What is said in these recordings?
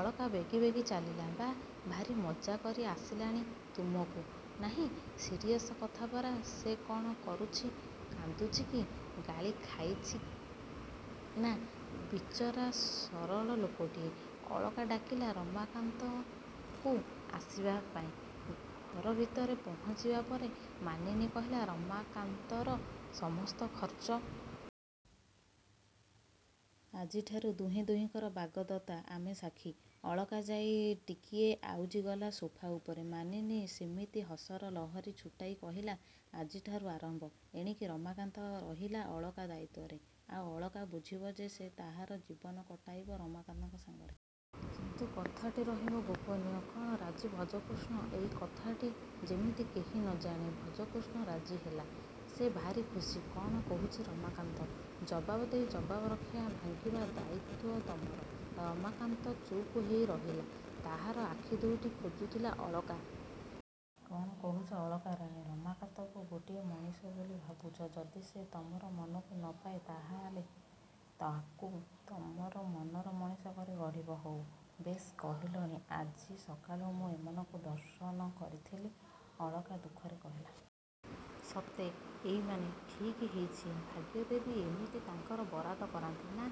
ଅଳକା ବେଗି ବେଗି ଚାଲିଲା–ବାଃ, ଭାରି ମଜ୍ଜାକରି ଆସିଲାଣି ତୁମକୁ? –ନାହିଁ, ସିରିଅସ୍ କଥା ପରା।... ସେ କ'ଣ କରୁଛି? କାନ୍ଦୁଛି କି? ଗାଳି ଖାଇଛି ନା-? –ବିଚରା ସରଳ ଲୋକଟିଏ। ଅଳକା ଡାକିଲା ରମାକାନ୍ତକୁ ଆସିବା ପାଇଁ। ଘର ଭିତରେ ପହଞ୍ଚିବା ପରେ ମାନିନୀ କହିଲା–ରମାକାନ୍ତର ସମସ୍ତ ଖର୍ଚ୍ଚ ଅଳକା ଦବ-। ଆଜିଠାରୁ ଦୁହେଁ ଦୁହିଁଙ୍କର ବାଗଦତ୍ତା–ଆମେ ସାକ୍ଷୀ। ଅଳକା ଯାଇ ଟିକିଏ ଆଉଜିଗଲା ସୋଫା ଉପରେ। ମାନିନୀ ସେମିତି ହସର ଲହରୀ ଛୁଟାଇ କହିଲା–ଆଜିଠାରୁ ଆରମ୍ଭ। ଏଣିକି ରମାକାନ୍ତ ରହିଲା ଅଳକା ଦାୟିତ୍ୱରେ।... ଆଉ ଅଳକା ବୁଝିବ ଯେ ସେ ତାହାର ଜୀବନ କଟାଇବ ରମାକାନ୍ତ ସାଙ୍ଗରେ।... କିନ୍ତୁ କଥାଟି ରହିବ ଗୋପନୀୟ। –କ'ଣ ରାଜି ଭଜକୃଷ୍ଣ? ଏହି କଥାଟି ଯେମିତି କେହି ନ ଜାଣେ। ଭଜକୃଷ୍ଣ ରାଜି ହେଲା। ସେ ଭାରି ଖୁସି। –କ'ଣ କହୁଛ ରମାକାନ୍ତ? ଜବାବ ଦେଇ ଜବାବ ରଖିବା ଭାଙ୍ଗିବା ଦାୟିତ୍ୱ ତମର। ରମାକାନ୍ତ ଚୁପ୍ ହେଇ ରହିଲା–ତାହାର ଆଖି ଦୁଇଟି ଖୋଜୁଥିଲା ଅଳକାର ଉତ୍ତର। –କ'ଣ କହୁଛ ଅଳକା ରାଣୀ? ରମାକାନ୍ତକୁ ଗୋଟିଏ ମଣିଷ ବୋଲି ଭାବିବ। ଯଦି ସେ ତମର ମନକୁ ନ ପାଏ ତାହାହେଲେ ତା'କୁ ତମର ମନର ମଣିଷ କରି ଗଢ଼ିବ। –ହଉ। ବେଶ୍ କହିଲଣି।... ଆଜି ସକାଳୁ ମୁଁ ଏମାନଙ୍କୁ ଦର୍ଶନ କରିଥିଲି। ଅଳକା ଦୁଃଖରେ କହିଲା। –ସତେ? –ଏଇମାନେ? ଠିକ୍ ହେଇଛି। ଭାଗ୍ୟଦେବୀ ଏମିତି ତାଙ୍କର ବରାଦ କରାନ୍ତି। –ନା,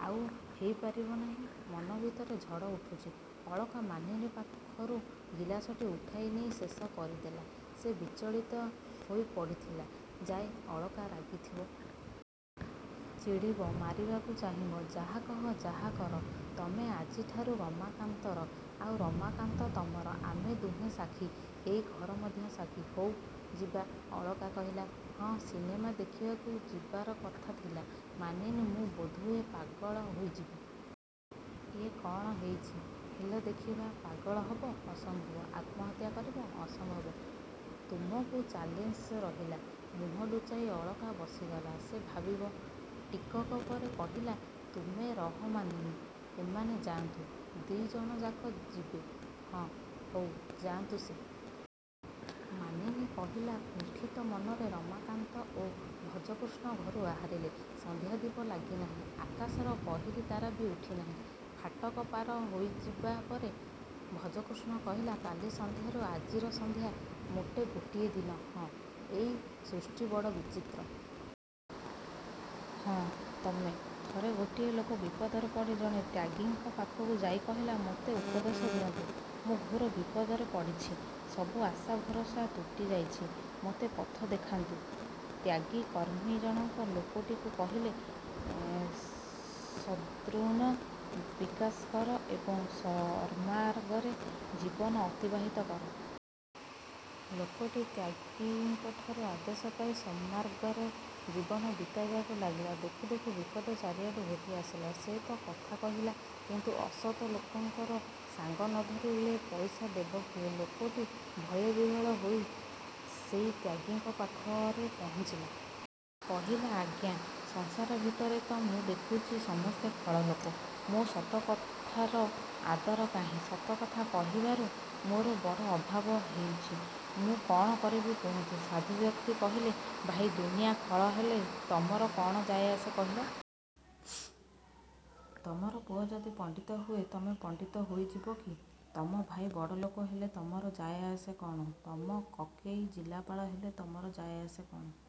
ଆଉ ହେଇ ପାରିବ ନାହିଁ। ମନ ଭିତରେ ଝଡ଼ ଉଠୁଛି। ଅଳକା ମାନିନୀ ପାଖରୁ ଗିଲାସଟି ଉଠାଇ ନେଇ ଶେଷ କରିଦେଲା। ସେ ବିଚଳିତ ହୋଇ ପଡ଼ିଥିଲା। –ଯାଏଁ, ଅଳକା। ରାଗିଥିବ। ଚିଡ଼ିବ। ମାରିବାକୁ ଚାହିଁବ। ଯାହା କହ, ଯାହାକର–ତମେ ଆଜିଠାରୁ ରମାକାନ୍ତର। ଆଉ ରମାକାନ୍ତ ତମର। ଆମେ ଦୁହେଁ ସାକ୍ଷୀ। ଏଇ ଘର ମଧ୍ୟ ସାକ୍ଷୀ। –ହଉ। ଯିବା... ଅଳକା କହିଲା। –ହଁ, ସିନେମା ଦେଖିବାକୁ ଯିବାର କଥା ଥିଲା। –ମାନିନୀ, ମୁଁ ବୋଧହୁଏ ପାଗଳ ହୋଇଯିବି। ଇଏ କ'ଣ ହେଉଛି? –ହେଲ ଦେଖିବା। ପାଗଳ ହବ? ଅସମ୍ଭବ। ଆତ୍ମହତ୍ୟା କରିବ? –ଅସମ୍ଭବ। ତୁମକୁ ଚାଲେଞ୍ଜ ରହିଲା। ମୁହଁ ଲୁଚାଇ ଅଳକା ବସିଗଲା–ସେ ଭାବିବ। ଟିକକ ପରେ କହିଲା–ତୁମେ ରହ ମାନିନୀ। ଏମାନେ ଯାଆନ୍ତୁ। –ଦି'ଜଣ ଯାକ ଯିବେ। –ହଁ। –ହଉ, ଯାଆନ୍ତୁ ସେମାନେ। ମାନିନୀ କହିଲା। କୁଣ୍ଠିତ ମନରେ ରମାକାନ୍ତ ଓ ଭଜକୃଷ୍ଣ ଘରୁ ବାହାରିଲେ। ସନ୍ଧ୍ୟା ଦୀପ ଲାଗି ନାହିଁ। ଆକାଶର ପହିଲି ତାରା ବି ଉଠିନାହିଁ। ଫାଟକ ପାର ହୋଇ ଯିବା ପରେ ଭଜକୃଷ୍ଣ କହିଲା–କାଲି ସନ୍ଧ୍ୟାରୁ ଆଜିର ସନ୍ଧ୍ୟା ମୋଟେ ଗୋଟିଏ ଦିନ। –ହଁ। –ଏଇ ସୃଷ୍ଟି ବଡ଼ ବିଚିତ୍ର। –ହଁ। –ତମେ। ଥରେ ଗୋଟିଏ ଲୋକ ବିପଦରେ ପଡ଼ି ଜଣେ ତ୍ୟାଗୀଙ୍କ ପାଖକୁ ଯାଇ କହିଲା,''ମୋତେ ଉପଦେଶ ଦିଅନ୍ତୁ। ମୁଁ ଘୋର ବିପଦରେ ପଡ଼ିଛି। ସବୁ ଆଶା ଭରସା ତୁଟି ଯାଇଛି, ମୋତେ ପଥ ଦେଖାନ୍ତୁ। ତ୍ୟାଗୀ କର୍ମୀ ଜଣକ ଲୋକଟିକୁ କହିଲେ, ''ସଦ୍ଗୁଣ ବିକାଶ କର ଏବଂ ସତ୍ମାର୍ଗରେ ଜୀବନ ଅତିବାହିତ କର। '' ଲୋକଟି ତ୍ୟାଗୀଙ୍କଠାରୁ ଆଦେଶ ପାଇ ସତ୍ମାର୍ଗରେ ଜୀବନ ବିତାଇବାକୁ ଲାଗିଲା। ଦେଖୁଁ ଦେଖୁଁ ବିପଦ ଚାରିଆଡ଼ୁ ଘୋଟିଆସିଲା। ସେ ସତ କଥା କହିଲା। କିନ୍ତୁ ଅସତ୍ ଲୋକଙ୍କର ସାଙ୍ଗ ନ ଧରିଲେ ପଇସା ଦେବ କିଏ? ଲୋକଟି ଭୟବିହ୍ୱଳ ହୋଇ ସେଇ ତ୍ୟାଗୀଙ୍କ ପାଖରେ ପହଞ୍ଚିଲା। କହିଲା—''ଆଜ୍ଞା, ସଂସାର ଭିତରେ ତ ମୁଁ ଦେଖୁଛି ସମସ୍ତେ ଖଳଲୋକ। ମୋ ସତ କଥାର ଆଦର କାହିଁ? ସତକଥା କହିବାରୁ ମୋର ବଡ଼ ଅଭାବ ହେଉଛି। ମୁଁ କ'ଣ କରିବି କୁହନ୍ତୁ। '' ସାଧୁବ୍ୟକ୍ତି କହିଲେ—''ଭାଇ, ଦୁନିଆ ଖଳ ହେଲେ ତମର କ'ଣ ଯାଏ ଆସେ କହିଲ-? ତମର ପୁଅ ଯଦି ପଣ୍ତିତ ହୁଏ ତମେ ପଣ୍ତିତ ହୋଇଯିବକି? ତମ ଭାଇ ବଡ଼ଲୋକ ହେଲେ ତମର ଯାଏ ଆସେ କ'ଣ? ତମ କକେଇ ଜିଲାପାଳ ହେଲେ ତମର ଯାଏ ଆସେ କେତେ-?